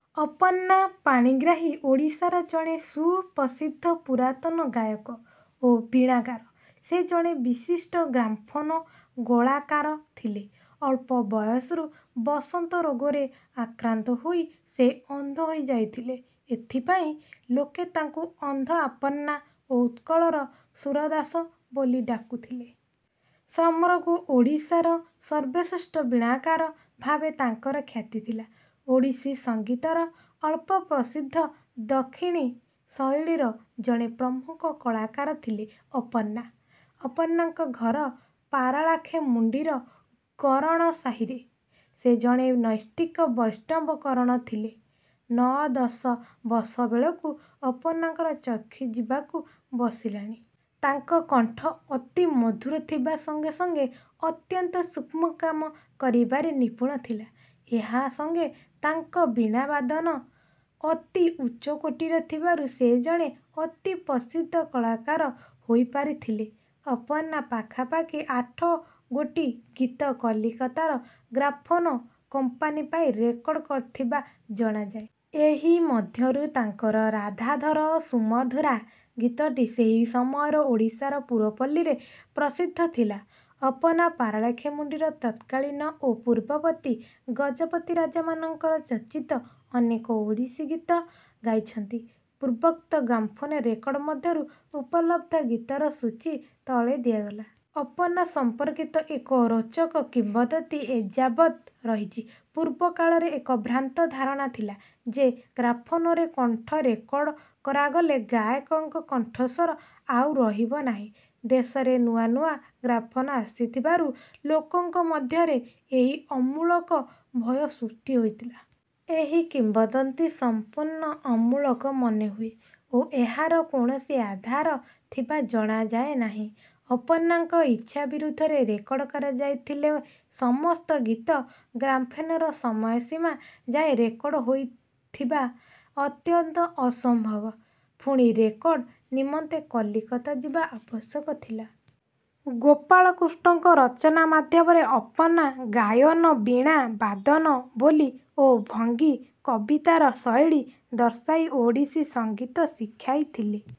ଅପର୍ଣ୍ଣା ପାଣିଗ୍ରାହୀ ଓଡ଼ିଶାର ଜଣେ ସୁପ୍ରସିଦ୍ଧ ପୁରାତନ ଗାୟକ ଓ ବୀଣାକାର। ସେ ଜଣେ ବିଶିଷ୍ଟ ଗ୍ରାମ୍ଫୋନ କଳାକାର ଥିଲେ। ଅଳ୍ପ ବୟସରୁ ବସନ୍ତ ରୋଗରେ ଆକ୍ରାନ୍ତ ହୋଇ ସେ ଅନ୍ଧ ହୋଇଯାଇଥିଲେ। ଏଥିପାଇଁ ଲୋକେ ତାଙ୍କୁ 'ଅନ୍ଧ ଆପନ୍ନା' ଓ 'ଉତ୍କଳର ସୁରଦାସ' ବୋଲି ଡାକୁଥିଲେ। ସମଗ୍ର ଓଡ଼ିଶାର ସର୍ବଶ୍ରେଷ୍ଠ ବୀଣାକାର ଭାବେ ତାଙ୍କର ଖ୍ୟାତି ଥିଲା। ଓଡ଼ିଶୀ ସଙ୍ଗୀତର ଅଳ୍ପପ୍ରସିଦ୍ଧ ଦକ୍ଷିଣୀ ଶୈଳୀର ଜଣେ ପ୍ରମୁଖ କଳାକାର ଥିଲେ ଅପର୍ଣ୍ଣା। ଅପର୍ଣ୍ଣାଙ୍କ ଘର ପାରଳାଖେମୁଣ୍ଡିର କରଣ ସାହିରେ। ସେ ଜଣେ ନୈଷ୍ଠିକ ବୈଷ୍ଣବ କରଣ ଥିଲେ। ନଅ ଦଶ ବର୍ଷ ବେଳକୁ ଅପର୍ଣ୍ଣାଙ୍କ ଚକ୍ଷୁ ଯିବାକୁ ବସିଲାଣି। ତାଙ୍କ କଣ୍ଠ ଅତି ମଧୁର ଥିବା ସଙ୍ଗେ ସଙ୍ଗେ ଅତ୍ୟନ୍ତ ସୂକ୍ଷ୍ମ କାମ କରିବାରେ ନିପୁଣ ଥିଲା। ଏହା ସଙ୍ଗେ ତାଙ୍କ ବୀଣାବାଦନ ଅତି ଉଚ୍ଚକୋଟିର ଥିବାରୁ ସେ ଜଣେ ଅତିପ୍ରସିଦ୍ଧ କଳାକାର ହୋଇପାରିଥିଲେ। ଅପର୍ଣ୍ଣା ପାଖାପାଖି ଆଠଗୋଟି ଗୀତ କଲିକତାର ଗ୍ରାମ୍ଫୋନ କମ୍ପାନୀ ପାଇଁ ରେକର୍ଡ଼ କରିଥିବା ଜଣାଯାଏ। ଏହି ମଧ୍ୟରୁ ତାଙ୍କର 'ରାଧାଧର ସୁମଧୁରା' ଗୀତଟି ସେହି ସମୟର ଓଡ଼ିଶାର ପୁରପଲ୍ଲୀରେ ପ୍ରସିଦ୍ଧ ଥିଲା। ଅପର୍ଣ୍ଣା ପାରଳାଖେମୁଣ୍ଡିର ତତ୍କାଳୀନ ଓ ପୂର୍ବବର୍ତ୍ତୀ ଗଜପତି ରାଜାମାନଙ୍କ ରଚିତ ଅନେକ ଓଡ଼ିଶୀ ଗୀତ ଗାଇଛନ୍ତି। ପୂର୍ବୋକ୍ତ ଗ୍ରାମ୍ଫୋନ ରେକର୍ଡ଼ ମଧ୍ୟରୁ ଉପଲବ୍ଧ ଗୀତର ସୂଚୀ ତଳେ ଦିଆଗଲା। ଅପର୍ଣ୍ଣାଙ୍କ ସମ୍ପର୍କିତ ଏକ ରୋଚକ କିମ୍ବଦନ୍ତୀ ଏଯାବତ୍ ରହିଛି। ପୂର୍ବକାଳରେ ଏକ ଭ୍ରାନ୍ତ ଧାରଣା ଥିଲା ଯେ ଗ୍ରାମ୍ଫୋନରେ କଣ୍ଠ ରେକର୍ଡ଼ କରାଗଲେ ଗାୟକଙ୍କ କଣ୍ଠସ୍ୱର ଆଉ ରହିବ ନାହିଁ। ଦେଶରେ ନୂଆ ନୂଆ ଗ୍ରାମ୍ଫୋନ ଆସିଥିବାରୁ ଲୋକଙ୍କ ମଧ୍ୟରେ ଏହି ଅମୂଳକ ଭୟ ସୃଷ୍ଟି ହୋଇଥିଲା। ଏହି କିମ୍ବଦନ୍ତୀ ସମ୍ପୂର୍ଣ୍ଣ ଅମୂଳକ ମନେ ହୁଏ ଓ ଏହାର କୌଣସି ଆଧାର ଥିବା ଜଣାଯାଏ ନାହିଁ। ଅପର୍ଣ୍ଣାଙ୍କ ଇଚ୍ଛା ବିରୁଦ୍ଧରେ ରେକର୍ଡ଼ କରାଯାଇଥିଲେ ସମସ୍ତ ଗୀତ ଗ୍ରାମ୍ଫୋନର ସମୟ ସୀମା ଯାଏଁ ରେକର୍ଡ଼ ହୋଇଥିବା ଅତ୍ୟନ୍ତ ଅସମ୍ଭବ। ପୁଣି ରେକର୍ଡ଼ ନିମନ୍ତେ କଲିକତା ଯିବା ଆବଶ୍ୟକ ଥିଲା। ଗୋପାଳକୃଷ୍ଣଙ୍କ ରଚନା ମାଧ୍ୟମରେ ଅପର୍ଣ୍ଣା ଗାୟନ, ବୀଣା ବାଦନ, ବୋଲି ଓ ଭଙ୍ଗୀ କବିତାର ଶୈଳୀ ଦର୍ଶାଇ ଓଡ଼ିଶୀ ସଙ୍ଗୀତ ଶିଖାଇଥିଲେ।